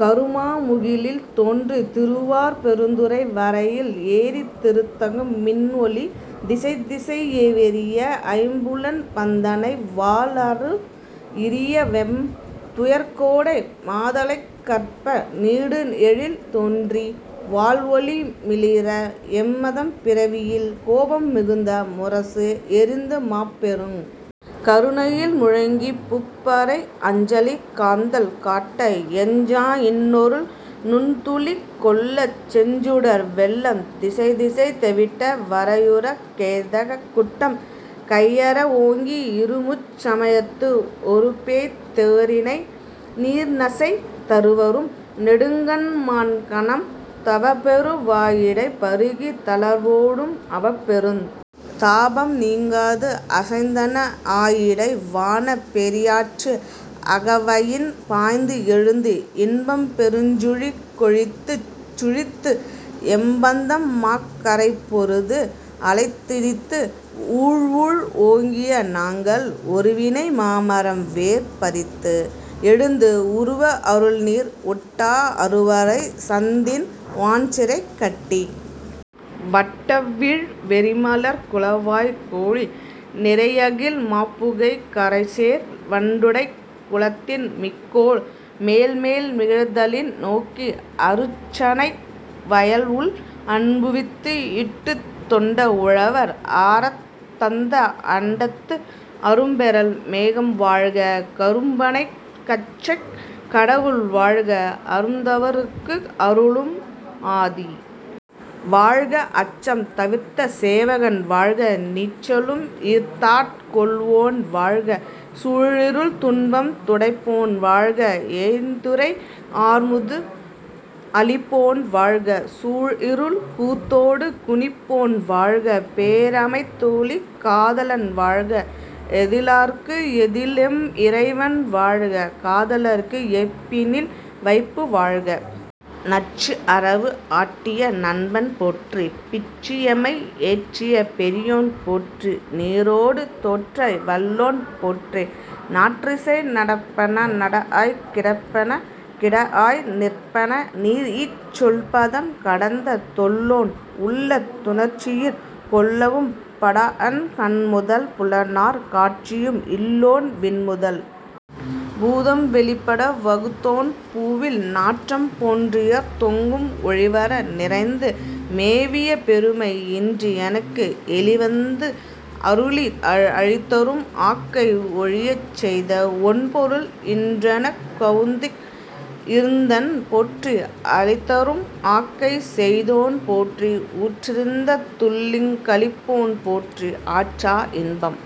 கருமா முகிலில் தோன்றித் திருவார் பெருந்துறை வரையில் ஏறித் திருத்தகு மின்ஒளி திசைதிசை விரிய ஐம்புலம் பந்தனை வாள்அரவு இரிய வெம் துயர் கோடை மாத்தலை கரப்ப நீடு எழில் தோன்றி வாள் ஒளி மிளிர எம் பிறவியில் கோபம் மிகுந்து முரசு ஏறிந்து மாப்பெருங் கருணையில் முழங்கிப் பூப்புரை அஞ்சலி காந்தள் காட்ட எஞ்சா இன்னருள் நுண்துளி கொள்ளச் செஞ்சுடர் வெள்ளம் திசைதிசை தெவிட்ட வரையுறக் கேதக் குட்டம் கையற வோங்கி இருமுச் சமயத்து ஒரு பேய்த் தேரினை நீர்நசை தரவரும் நெடுங்கண் மான்கணம் தவப்பெரு வாயிடைப் பருகித் தளர்வொடும் அவப்பெருந் தாபம் நீங்காது அசைந்தன ஆயிடை வானப் பேரியாற்று அகவயின் பாய்ந்து எழுந்து இன்பம் பெருஞ்சுழி கொழித்துச் சுழித்து எம்பந்தம் மாக் கரைபொருது அலைத்திடித்து ஊழ் ஊழ் ஓங்கிய நங்கள் மாமரம் வேர் பறித்து எழுந்து உருவ அருள்நீர் ஓட்டா அருவரைச் சந்தின் வான்சிறை கட்டி மட்டவிழ் வெறிமலர்க் குளவாய் கோலி நிறையகில் மாப்புகைக் கரைசேர் வண்டுடைக் குளத்தின் மீக்கொள மேல்மேல் மகிழ்தலின் நோக்கி அருச்சனை வயல் உள் அன்புவித்து இட்டுத் தொண்ட உழவர் ஆரத் தந்த அண்டத்து அரும்பெறல் மேகன் வாழ்க கரும்பணக் கச்சைக் கடவுள் வாழ்க அரும்தவர்ககு அருளும் ஆதி வாழ்க அச்சம் தவிர்த்த சேவகன் வாழ்க நிச்சலும் ஈர்த்தாட் கொள்வோன் வாழ்க சூழ்இருள் துன்பம் துடைப்போன் வாழ்க எய்தினர்க்கு ஆர்அமுது அளிப்போன் வாழ்க கூர்இருள் கூத்தொடு குனிப்போன் வாழ்க பேர்அமைத் தோளி காதலன் வாழ்க ஏதிலார்ககு ஏதில்எம் இறைவன் வாழ்க காதலர்க்கு எய்ப்பினில் வைப்பு வாழ்க நச்சு அரவு ஆட்டிய நம்பன் போற்றி பிச்சு எமை ஏற்றிய பெரியோன் போற்றி நீற்றொடு தோற்ற வல்லோன் போற்றி நாற்றிசை நடப்பன நடாஅய்க் கிடப்பன கிடாஅய் நிற்பன நிறீஇச் சொல்பதம் கடந்த தொல்லோன் உள்ளத் துணர்ச்சியிற் கொள்ளவும் படாஅன் கண்முதல் புலனாற் காட்சியும் இல்லோன் விண்முதல் பூதம் வெளிப்பட வகுத்தோன் பூவில் நாற்றம் போன்றுயர்ந் தெங்கும் ஒழிவற நிறைந்து மேவிய பெருமை இன்று எனக்கு எளிவந்து அருளி அழிதரும் ஆக்கை ஒழியச்செய்த ஒண்பொருள் இன்றெனக் இருந்தனன் போற்றி அளிதரும் ஆக்கை செய்தோன் போற்றி ஊற்றிருந்த துள்ளங் களிப்போன் போற்றி ஆற்றா இன்பம்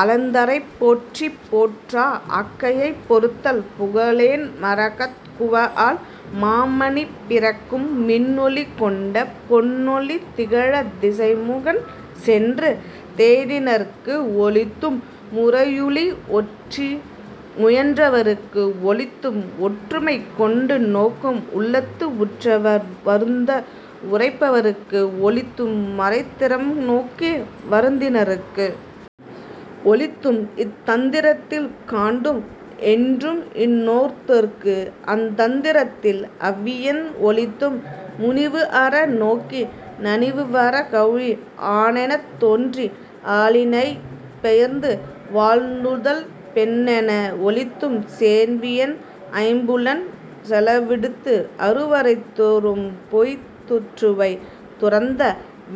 அலர்ந்தலை போற்றி போற்றா ஆக்கையைப் பொறுத்தல் புகலேன் மரகதக் குவாஅல் மாமணிப் பிறக்கம் மின்ஒளி கொண்ட பொன்னொளி திகழத் திசைமுகன் சென்று தேடினர்க்கு ஒளித்தும் முறையுளி ஒற்றி முயன்றவர்க்கு ஒளித்தும் ஒற்றுமை கொண்டு நோக்கும் உள்ளத்து உற்றவர் வருந்த உறைப்பவர்க்கு ஒளித்தும் மறைத்திறம் நோக்கி வருந்தினர்க்கு ஒளித்தும் இத்தந் திரத்தில் காண்டும் என்று இருந்தோர்க்கு அத்தந் திரத்தில் அவ்வயின் ஒளித்தும் முனிவு அற நோக்கி நனிவரக் கௌவி ஆணெனத் தோன்றி அலியெனப் பெயர்ந்து வாள்நுதல் பெண்என ஒளித்தும் சேண்வயின் ஐம்புலன் செலவிடுத்து அருவரை தொறும்போய்த் துற்றவை துறந்த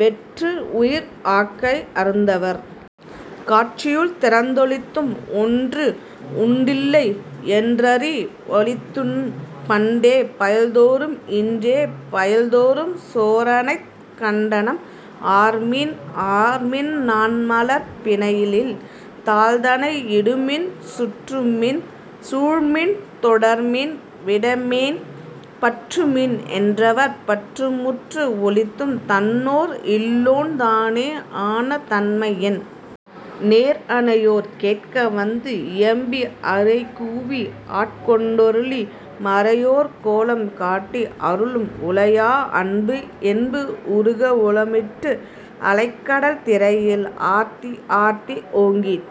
வெற்று உயிர் ஆக்கை அருந்தவர் காட்சியுள் திருந்த ஒளித்தும் ஒன்று உண்டில்லை யென்றறி வொளித்தும் பண்டே பயில்தொறும் இன்றே பயில்தொறும் சோரனைக் கண்டனம் ஆர்மின் ஆர்மின் நாண்மலர்ப் பிணையலில் தாள்தனை இடுமின் சுற்றுமின் சூழ்மின் தொடர்மின் விடேன்மின் பற்றுமின் என்றவர் பற்றுமுற்று ஒளித்தும் தன்நேர் இல்லோன் தானே ஆன தன்மை என் நேர் அனையோர் கேட்கவந்து இயம்பி அறைகூவி ஆட்கொண்டருளி மறையோர் கோலம் காட்டி அருளலும் உலையா அன்பு என்பு உருக ஓலமிட்டு அலைகடல் திரையில் ஆர்த்து ஆர்த்து ஓங்கித்